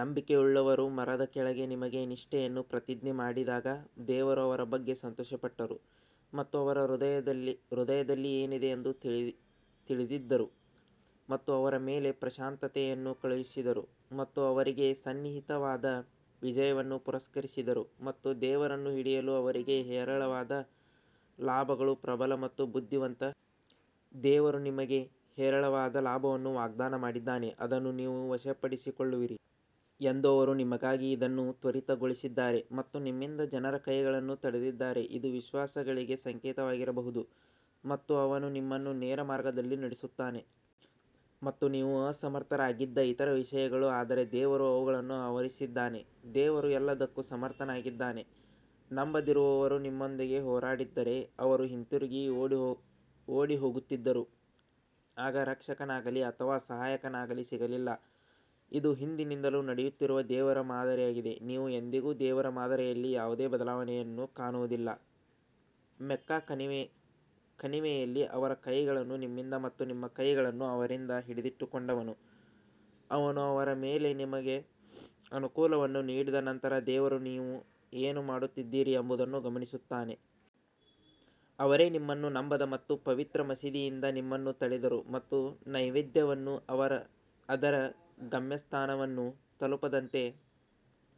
ನಂಬಿಕೆಯುಳ್ಳವರು ಮರದ ಕೆಳಗೆ ನಿಮಗೆ ನಿಷ್ಠೆಯನ್ನು ಪ್ರತಿಜ್ಞೆ ಮಾಡಿದಾಗ ದೇವರು ಅವರ ಬಗ್ಗೆ ಸಂತೋಷಪಟ್ಟರು ಮತ್ತು ಅವರ ಹೃದಯದಲ್ಲಿ ಏನಿದೆ ಎಂದು ತಿಳಿದಿದ್ದರು ಮತ್ತು ಅವರ ಮೇಲೆ ಪ್ರಶಾಂತತೆಯನ್ನು ಕಳುಹಿಸಿದರು ಮತ್ತು ಅವರಿಗೆ ಸನ್ನಿಹಿತವಾದ ವಿಜಯವನ್ನು ಪುರಸ್ಕರಿಸಿದರು ಮತ್ತು ದೇವರನ್ನು ಹಿಡಿಯಲು ಅವರಿಗೆ ಹೇರಳವಾದ ಲಾಭಗಳು ಪ್ರಬಲ ಮತ್ತು ಬುದ್ಧಿವಂತ ದೇವರು ನಿಮಗೆ ಹೇರಳವಾದ ಲಾಭವನ್ನು ವಾಗ್ದಾನ ಮಾಡಿದ್ದಾನೆ, ಅದನ್ನು ನೀವು ವಶಪಡಿಸಿಕೊಳ್ಳುವಿರಿ ಎಂದು ಅವರು ನಿಮಗಾಗಿ ಇದನ್ನು ತ್ವರಿತಗೊಳಿಸಿದ್ದಾರೆ ಮತ್ತು ನಿಮ್ಮಿಂದ ಜನರ ಕೈಗಳನ್ನು ತಡೆದಿದ್ದಾರೆ, ಇದು ವಿಶ್ವಾಸಿಗಳಿಗೆ ಸಂಕೇತವಾಗಿರಬಹುದು ಮತ್ತು ಅವನು ನಿಮ್ಮನ್ನು ನೇರ ಮಾರ್ಗದಲ್ಲಿ ನಡೆಸುತ್ತಾನೆ. ಮತ್ತು ನೀವು ಅಸಮರ್ಥರಾಗಿದ್ದ ಇತರ ವಿಷಯಗಳು ಆದರೆ ದೇವರು ಅವುಗಳನ್ನು ಆವರಿಸಿದ್ದಾನೆ ದೇವರು ಎಲ್ಲದಕ್ಕೂ ಸಮರ್ಥನಾಗಿದ್ದಾನೆ ನಂಬದಿರುವವರು ನಿಮ್ಮೊಂದಿಗೆ ಹೋರಾಡಿದ್ದರೆ ಅವರು ಹಿಂತಿರುಗಿ ಓಡಿಹೋಗುತ್ತಿದ್ದರು, ಆಗ ರಕ್ಷಕನಾಗಲಿ ಅಥವಾ ಸಹಾಯಕನಾಗಲಿ ಸಿಗಲಿಲ್ಲ. ಇದು ಹಿಂದಿನಿಂದಲೂ ನಡೆಯುತ್ತಿರುವ ದೇವರ ಮಾದರಿಯಾಗಿದೆ, ನೀವು ಎಂದಿಗೂ ದೇವರ ಮಾದರಿಯಲ್ಲಿ ಯಾವುದೇ ಬದಲಾವಣೆಯನ್ನು ಕಾಣುವುದಿಲ್ಲ ಮೆಕ್ಕಾ ಕಣಿವೆಯಲ್ಲಿ ಅವರ ಕೈಗಳನ್ನು ನಿಮ್ಮಿಂದ ಮತ್ತು ನಿಮ್ಮ ಕೈಗಳನ್ನು ಅವರಿಂದ ಹಿಡಿದಿಟ್ಟುಕೊಂಡವನು ಅವನು ಅವರ ಮೇಲೆ ನಿಮಗೆ ಅನುಕೂಲವನ್ನು ನೀಡಿದ ನಂತರ ದೇವರು ನೀವು ಏನು ಮಾಡುತ್ತಿದ್ದೀರಿ ಎಂಬುದನ್ನು ಗಮನಿಸುತ್ತಾನೆ. ಅವರೇ ನಿಮ್ಮನ್ನು ನಂಬದ ಮತ್ತು ಪವಿತ್ರ ಮಸೀದಿಯಿಂದ ನಿಮ್ಮನ್ನು ತಡೆದರು ಮತ್ತು ನೈವೇದ್ಯವನ್ನು ಅದರ ಗಮ್ಯಸ್ಥಾನವನ್ನು ತಲುಪದಂತೆ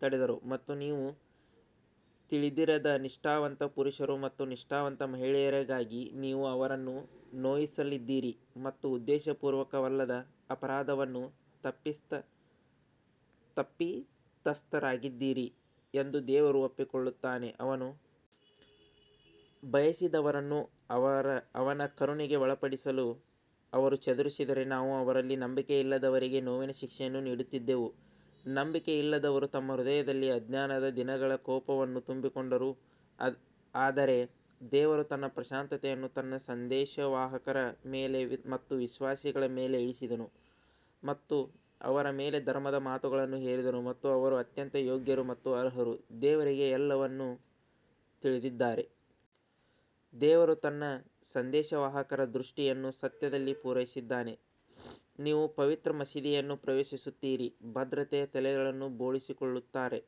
ತಡೆದರು ಮತ್ತು ನೀವು ತಿಳಿದಿರದ ನಿಷ್ಠಾವಂತ ಪುರುಷರು ಮತ್ತು ನಿಷ್ಠಾವಂತ ಮಹಿಳೆಯರಿಗಾಗಿ ನೀವು ಅವರನ್ನು ನೋಯಿಸಲಿದ್ದೀರಿ ಮತ್ತು ಉದ್ದೇಶಪೂರ್ವಕವಲ್ಲದ ಅಪರಾಧವನ್ನು ತಪ್ಪಿತಸ್ಥರಾಗಿದ್ದೀರಿ ಎಂದು ದೇವರು ಒಪ್ಪಿಕೊಳ್ಳುತ್ತಾನೆ. ಅವನು ಬಯಸಿದವರನ್ನು ಅವನ ಕರುಣೆಗೆ ಒಳಪಡಿಸಲು ಅವರು ಚದುರಿಸಿದರೆ ನಾವು ಅವರಲ್ಲಿ ನಂಬಿಕೆಯಿಲ್ಲದವರಿಗೆ ನೋವಿನ ಶಿಕ್ಷೆಯನ್ನು ನೀಡುತ್ತಿದ್ದೆವು ನಂಬಿಕೆಯಿಲ್ಲದವರು ತಮ್ಮ ಹೃದಯದಲ್ಲಿ ಅಜ್ಞಾನದ ದಿನಗಳ ಕೋಪವನ್ನು ತುಂಬಿಕೊಂಡರು ಆದರೆ ದೇವರು ತನ್ನ ಪ್ರಶಾಂತತೆಯನ್ನು ತನ್ನ ಸಂದೇಶವಾಹಕರ ಮೇಲೆ ಮತ್ತು ವಿಶ್ವಾಸಿಗಳ ಮೇಲೆ ಇಳಿಸಿದನು ಮತ್ತು ಅವರ ಮೇಲೆ ಧರ್ಮದ ಮಾತುಗಳನ್ನು ಹೇರಿದನು ಮತ್ತು ಅವರು ಅತ್ಯಂತ ಯೋಗ್ಯರು ಮತ್ತು ಅರ್ಹರು ದೇವರಿಗೆ ಎಲ್ಲವನ್ನೂ ತಿಳಿದಿದ್ದಾರೆ. ದೇವರು ತನ್ನ ಸಂದೇಶವಾಹಕರ ದೃಷ್ಟಿಯನ್ನು ಸತ್ಯದಲ್ಲಿ ಪೂರೈಸಿದ್ದಾನೆ, ನೀವು ಪವಿತ್ರ ಮಸೀದಿಯನ್ನು ಪ್ರವೇಶಿಸುತ್ತೀರಿ, ಭದ್ರತೆಯ ತಲೆಗಳನ್ನು ಬೋಳಿಸಿಕೊಳ್ಳುತ್ತಾರೆ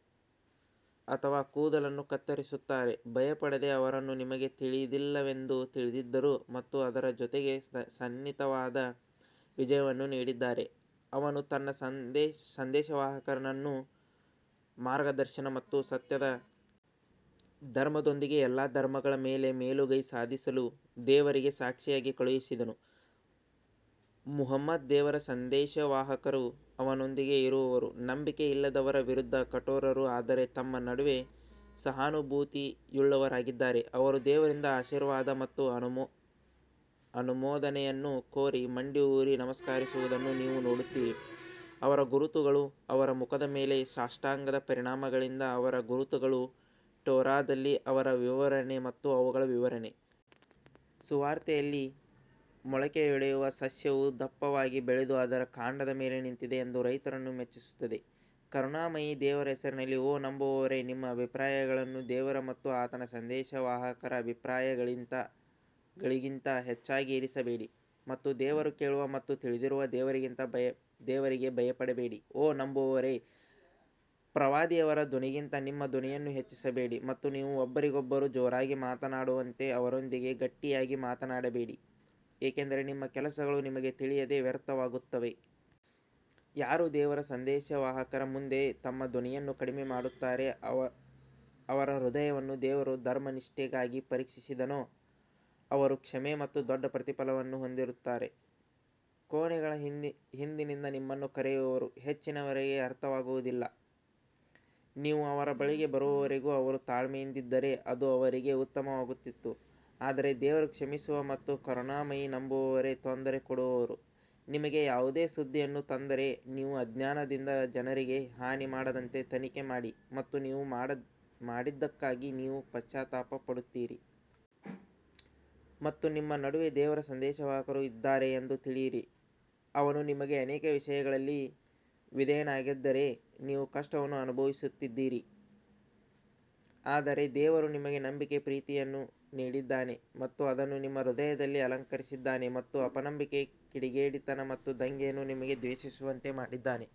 ಅಥವಾ ಕೂದಲನ್ನು ಕತ್ತರಿಸುತ್ತಾರೆ, ಭಯಪಡದೆ ಅವರು ನಿಮಗೆ ತಿಳಿದಿಲ್ಲವೆಂದು ತಿಳಿದಿದ್ದರು ಮತ್ತು ಅದರ ಜೊತೆಗೆ ಸನ್ನಿಹಿತವಾದ ವಿಜಯವನ್ನು ನೀಡಿದ್ದಾರೆ. ಅವನು ತನ್ನ ಸಂದೇಶವಾಹಕನನ್ನು ಮಾರ್ಗದರ್ಶನ ಮತ್ತು ಸತ್ಯದ ಧರ್ಮದೊಂದಿಗೆ ಎಲ್ಲಾ ಧರ್ಮಗಳ ಮೇಲೆ ಮೇಲುಗೈ ಸಾಧಿಸಲು ದೇವರಿಗೆ ಸಾಕ್ಷಿಯಾಗಿ ಕಳುಹಿಸಿದನು ಮುಹಮ್ಮದ್ ದೇವರ ಸಂದೇಶವಾಹಕರು ಅವನೊಂದಿಗೆ ಇರುವವರು ನಂಬಿಕೆಯಿಲ್ಲದವರ ವಿರುದ್ಧ ಕಠೋರರು ಆದರೆ ತಮ್ಮ ನಡುವೆ ಸಹಾನುಭೂತಿಯುಳ್ಳವರಾಗಿದ್ದಾರೆ, ಅವರು ದೇವರಿಂದ ಆಶೀರ್ವಾದ ಮತ್ತು ಅನುಮೋದನೆಯನ್ನು ಕೋರಿ ಮಂಡಿಯೂರಿ ನಮಸ್ಕರಿಸುವುದನ್ನು ನೀವು ನೋಡುತ್ತೀರಿ, ಅವರ ಗುರುತುಗಳು ಅವರ ಮುಖದ ಮೇಲೆ ಸಾಷ್ಟಾಂಗದ ಪರಿಣಾಮಗಳಿಂದ ಅವರ ಗುರುತುಗಳು ಟೋರಾದಲ್ಲಿ ಅವರ ವಿವರಣೆ ಮತ್ತು ಅವುಗಳ ವಿವರಣೆ. ಸುವಾರ್ತೆಯಲ್ಲಿ ಮೊಳಕೆಯೊಡೆಯುವ ಸಸ್ಯವು ದಪ್ಪವಾಗಿ ಬೆಳೆದು ಅದರ ಕಾಂಡದ ಮೇಲೆ ನಿಂತಿದೆ ಎಂದು ರೈತರನ್ನು ಮೆಚ್ಚಿಸುತ್ತದೆ ಕರುಣಾಮಯಿ ದೇವರ ಹೆಸರಿನಲ್ಲಿ ಓ ನಂಬುವವರೇ, ನಿಮ್ಮ ಅಭಿಪ್ರಾಯಗಳನ್ನು ದೇವರು ಮತ್ತು ಆತನ ಸಂದೇಶವಾಹಕರ ಅಭಿಪ್ರಾಯಗಳಿಗಿಂತ ಹೆಚ್ಚಾಗಿ ಇರಿಸಬೇಡಿ ಮತ್ತು ದೇವರು ಕೇಳುವ ಮತ್ತು ತಿಳಿದಿರುವ ದೇವರಿಗೆ ಭಯಪಡಬೇಡಿ ಓ ನಂಬುವವರೇ, ಪ್ರವಾದಿಯವರ ಧ್ವನಿಗಿಂತ ನಿಮ್ಮ ಧ್ವನಿಯನ್ನು ಹೆಚ್ಚಿಸಬೇಡಿ ಮತ್ತು ನೀವು ಒಬ್ಬರಿಗೊಬ್ಬರು ಜೋರಾಗಿ ಮಾತನಾಡುವಂತೆ ಅವರೊಂದಿಗೆ ಗಟ್ಟಿಯಾಗಿ ಮಾತನಾಡಬೇಡಿ ಏಕೆಂದರೆ ನಿಮ್ಮ ಕೆಲಸಗಳು ನಿಮಗೆ ತಿಳಿಯದೆ ವ್ಯರ್ಥವಾಗುತ್ತವೆ. ಯಾರು ದೇವರ ಸಂದೇಶವಾಹಕರ ಮುಂದೆ ತಮ್ಮ ಧ್ವನಿಯನ್ನು ಕಡಿಮೆ ಮಾಡುತ್ತಾರೆ ಅವರ ಹೃದಯವನ್ನು ದೇವರು ಧರ್ಮನಿಷ್ಠೆಗಾಗಿ ಪರೀಕ್ಷಿಸಿದನೋ ಅವರು ಕ್ಷಮೆ ಮತ್ತು ದೊಡ್ಡ ಪ್ರತಿಫಲವನ್ನು ಹೊಂದಿರುತ್ತಾರೆ ಕೋಣೆಗಳ ಹಿಂದಿನಿಂದ ನಿಮ್ಮನ್ನು ಕರೆಯುವವರು ಹೆಚ್ಚಿನವರಿಗೆ ಅರ್ಥವಾಗುವುದಿಲ್ಲ ನೀವು ಅವರ ಬಳಿಗೆ ಬರುವವರೆಗೂ ಅವರು ತಾಳ್ಮೆಯಿಂದಿದ್ದರೆ ಅದು ಅವರಿಗೆ ಉತ್ತಮವಾಗುತ್ತಿತ್ತು ಆದರೆ ದೇವರು ಕ್ಷಮಿಸುವ ಮತ್ತು ಕರುಣಾಮಯಿ ನಂಬುವವರೇ, ತೊಂದರೆ ಕೊಡುವವರು ನಿಮಗೆ ಯಾವುದೇ ಸುದ್ದಿಯನ್ನು ತಂದರೆ ನೀವು ಅಜ್ಞಾನದಿಂದ ಜನರಿಗೆ ಹಾನಿ ಮಾಡದಂತೆ ತನಿಖೆ ಮಾಡಿ ಮತ್ತು ನೀವು ಮಾಡಿದ್ದಕ್ಕಾಗಿ ನೀವು ಪಶ್ಚಾತ್ತಾಪ ಪಡುತ್ತೀರಿ. ಮತ್ತು ನಿಮ್ಮ ನಡುವೆ ದೇವರ ಸಂದೇಶವಾಹಕರು ಇದ್ದಾರೆ ಎಂದು ತಿಳಿಯಿರಿ, ಅವನು ನಿಮಗೆ ಅನೇಕ ವಿಷಯಗಳಲ್ಲಿ ವಿಧೇಯನಾಗಿದ್ದರೆ ನೀವು ಕಷ್ಟವನ್ನು ಅನುಭವಿಸುತ್ತಿದ್ದಿರಿ ಆದರೆ ದೇವರು ನಿಮಗೆ ನಂಬಿಕೆಯ ಪ್ರೀತಿಯನ್ನು ನೀಡಿದ್ದಾನೆ ಮತ್ತು ಅದನ್ನು ನಿಮ್ಮ ಹೃದಯದಲ್ಲಿ ಅಲಂಕರಿಸಿದ್ದಾನೆ ಮತ್ತು ಅಪನಂಬಿಕೆ ಕಿಡಿಗೇಡಿತನ ಮತ್ತು ದಂಗೆಯನ್ನು ನಿಮಗೆ ದ್ವೇಷಿಸುವಂತೆ ಮಾಡಿದ್ದಾನೆ.